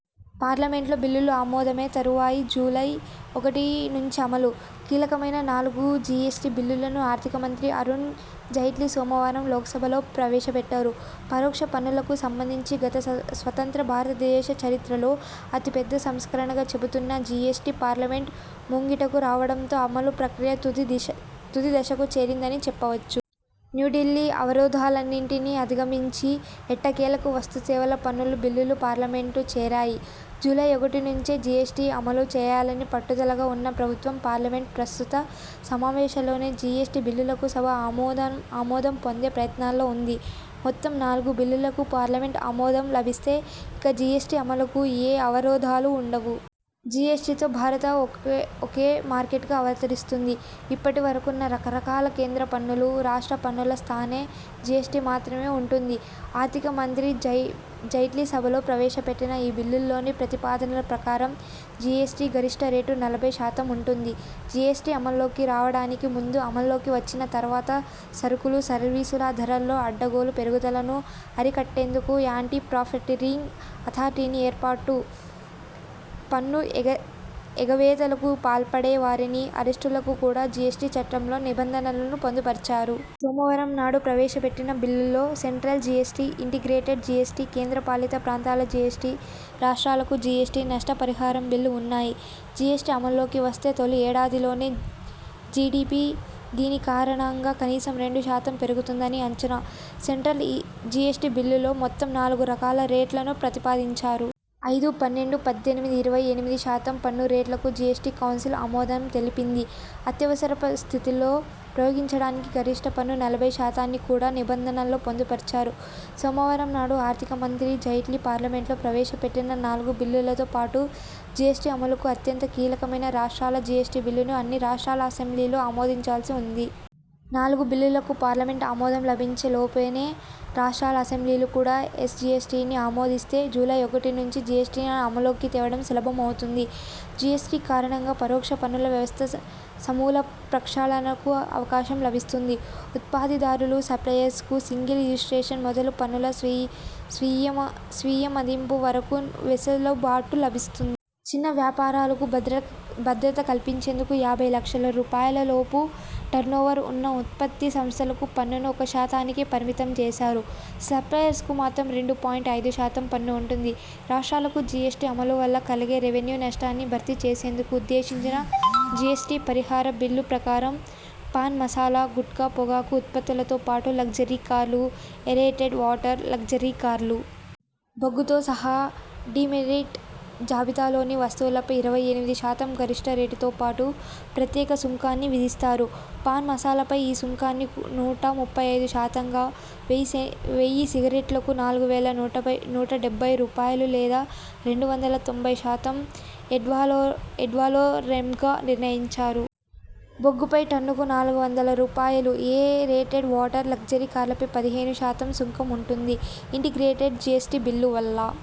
పార్లమెంట్లో బిల్లులు ఆమోదమే తరువాయి జూలై ఒకటి నుంచి అమలు! కీలకమైన నాలుగు జిఎస్టి బిల్లులను ఆర్థికమంత్రి అరుణ్ జైట్లీ సోమవారం లోక్సభలో ప్రవేశపెట్టారు. పరోక్ష పన్నులకు సంబంధించి గత స్వతంత్ర భారతదేశ చరిత్రలో అతి పెద్ద సంస్కరణగా చెబుతున్న జిఎస్టి పార్లమెంట్ ముంగిటకు రావడంతో అమలు ప్రక్రియ తుది దిశ తుది దశకు చేరిందని చెప్పవచ్చు. న్యూఢిల్లీ అవరోధాలన్నింటినీ అధిగమించి ఎట్టకేలకు వస్తు సేవల పన్ను బిల్లులు పార్లమెంట్ను చేరాయి. జూలై ఒకటి నుంచే జిఎస్టి అమలు చేయాలని పట్టుదలగా ఉన్న ప్రభుత్వం పార్లమెంట్ ప్రస్తుత సమావేశాల్లోనే జిఎస్టి బిల్లులకు సభ ఆమోదం పొందే ప్రయత్నాల్లో ఉంది. మొత్తం నాలుగు బిల్లులకు పార్లమెంట్ ఆమోదం లభిస్తే ఇక జిఎస్టి అమలుకు ఏ అవరోధాలు ఉండవు. జిఎస్టితో భారత ఒకే మార్కెట్గా అవతరిస్తుంది. ఇప్పటి వరకున్న రకరకాల కేంద్ర పన్నులు, రాష్ట్ర పన్నుల స్థానే జిఎస్టి మాత్రమే ఉంటుంది. ఆర్థిక మంత్రి జైట్లీ సభలో ప్రవేశపెట్టిన ఈ బిల్లుల్లోని ప్రతిపాదనల ప్రకారం జిఎస్టి గరిష్ఠ రేటు నలభై శాతం ఉంటుంది. జిఎస్టి అమల్లోకి రావడానికి ముందు అమల్లోకి వచ్చిన తర్వాత సరుకులు, సర్వీసుల ధరల్లో అడ్డగోలు పెరుగుదలను అరికట్టేందుకు యాంటి ప్రాఫిటీరింగ్ అథార్టీని ఏర్పాటు, పన్ను ఎగవేతలకు పాల్పడేవారిని అరెస్టులకు కూడా జిఎస్టి చట్టంలో నిబంధనలను పొందుపర్చారు. సోమవారం నాడు ప్రవేశపెట్టిన బిల్లుల్లో సెంట్రల్ జిఎస్టి, ఇంటిగ్రేటెడ్ జిఎస్టి, కేంద్రపాలిత ప్రాంతాల జిఎస్టి, రాష్ట్రాలకు జిఎస్టి నష్టపరిహారం బిల్లు ఉన్నాయి. జిఎస్టి అమల్లోకి వస్తే తొలి ఏడాదిలోనే జిడిపి దీనికారణంగా కనీసం రెండు శాతం పెరుగుతుందని అంచనా. సెంట్రల్ జిఎస్టి బిల్లులో మొత్తం నాలుగు రకాల రేట్లను ప్రతిపాదించారు. ఐదు, పన్నెండు, పద్దెనిమిది, ఇరవై ఎనిమిది శాతం పన్ను రేట్లకు జిఎస్టి కౌన్సిల్ ఆమోదం తెలిపింది. అత్యవసర స్థితుల్లో ప్రయోగించడానికి గరిష్ఠ పన్ను నలభై శాతాన్ని కూడా నిబంధనల్లో పొందుపర్చారు. సోమవారం నాడు ఆర్థిక మంత్రి జైట్లీ పార్లమెంట్లో ప్రవేశపెట్టిన నాలుగు బిల్లులతో పాటు జిఎస్టి అమలుకు అత్యంత కీలకమైన రాష్ట్రాల జిఎస్టి బిల్లును అన్ని రాష్ట్రాల అసెంబ్లీలు ఆమోదించాల్సి ఉంది. నాలుగు బిల్లులకు పార్లమెంట్ ఆమోదం లభించే లోపునే రాష్ట్రాల అసెంబ్లీలు కూడా ఎస్ జిఎస్టిని ఆమోదిస్తే, జూలై ఒకటి నుంచి జిఎస్టిని అమల్లోకి తేవడం సులభం అవుతుంది. జిఎస్టి కారణంగా పరోక్ష పన్నుల వ్యవస్థ సమూల ప్రక్షాళనకు అవకాశం లభిస్తుంది. ఉత్పత్తిదారులు, సప్లయర్స్ కు సింగిల్ రిజిస్ట్రేషన్ మొదలు పన్నుల స్వీయమదింపు వరకు వెసులుబాటు లభిస్తుంది. చిన్న వ్యాపారాలకు భద్రత కల్పించేందుకు యాభై లక్షల రూపాయల లోపు టర్నోవర్ ఉన్న ఉత్పత్తి సంస్థలకు పన్నును ఒక శాతానికే పరిమితం చేశారు. సప్లయర్స్ కు మాత్రం రెండు పాయింట్ ఐదు శాతం పన్ను ఉంటుంది. రాష్ట్రాలకు జిఎస్టి అమలు వల్ల కలగే రెవెన్యూ నష్టాన్ని భర్తీ చేసేందుకు ఉద్దేశించిన జిఎస్టి పరిహార బిల్లు ప్రకారం, పాన్ మసాలా, గుట్కా, పొగాకు ఉత్పత్తులతో పాటు లగ్జరీ కార్లు, ఏరేటెడ్ వాటర్, లగ్జరీ కార్లు. బొగ్గుతో సహా డీమెరిట్ జాబితాలోని వస్తువులపై ఇరవై ఎనిమిది శాతం గరిష్ఠ రేటుతో పాటు ప్రత్యేక సుంకాన్ని విధిస్తారు. పాన్ మసాలాపై ఈ సుంకాన్ని నూట ముప్పై ఐదు శాతంగా, వెయ్యి సిగరెట్లకు నాలుగు వేల నూట డెబ్బై రూపాయలు లేదా రెండు వందల తొంభై శాతం యాడ్వాలొరెమ్గా నిర్ణయించారు. బొగ్గుపై టన్నుకు నాలుగు వందల రూపాయలు, ఏ రేటెడ్ వాటర్, లగ్జరీ కార్లపై పదిహేను శాతం సుంకం ఉంటుంది. ఇంటిగ్రేటెడ్ జిఎస్టి బిల్లు వల్ల,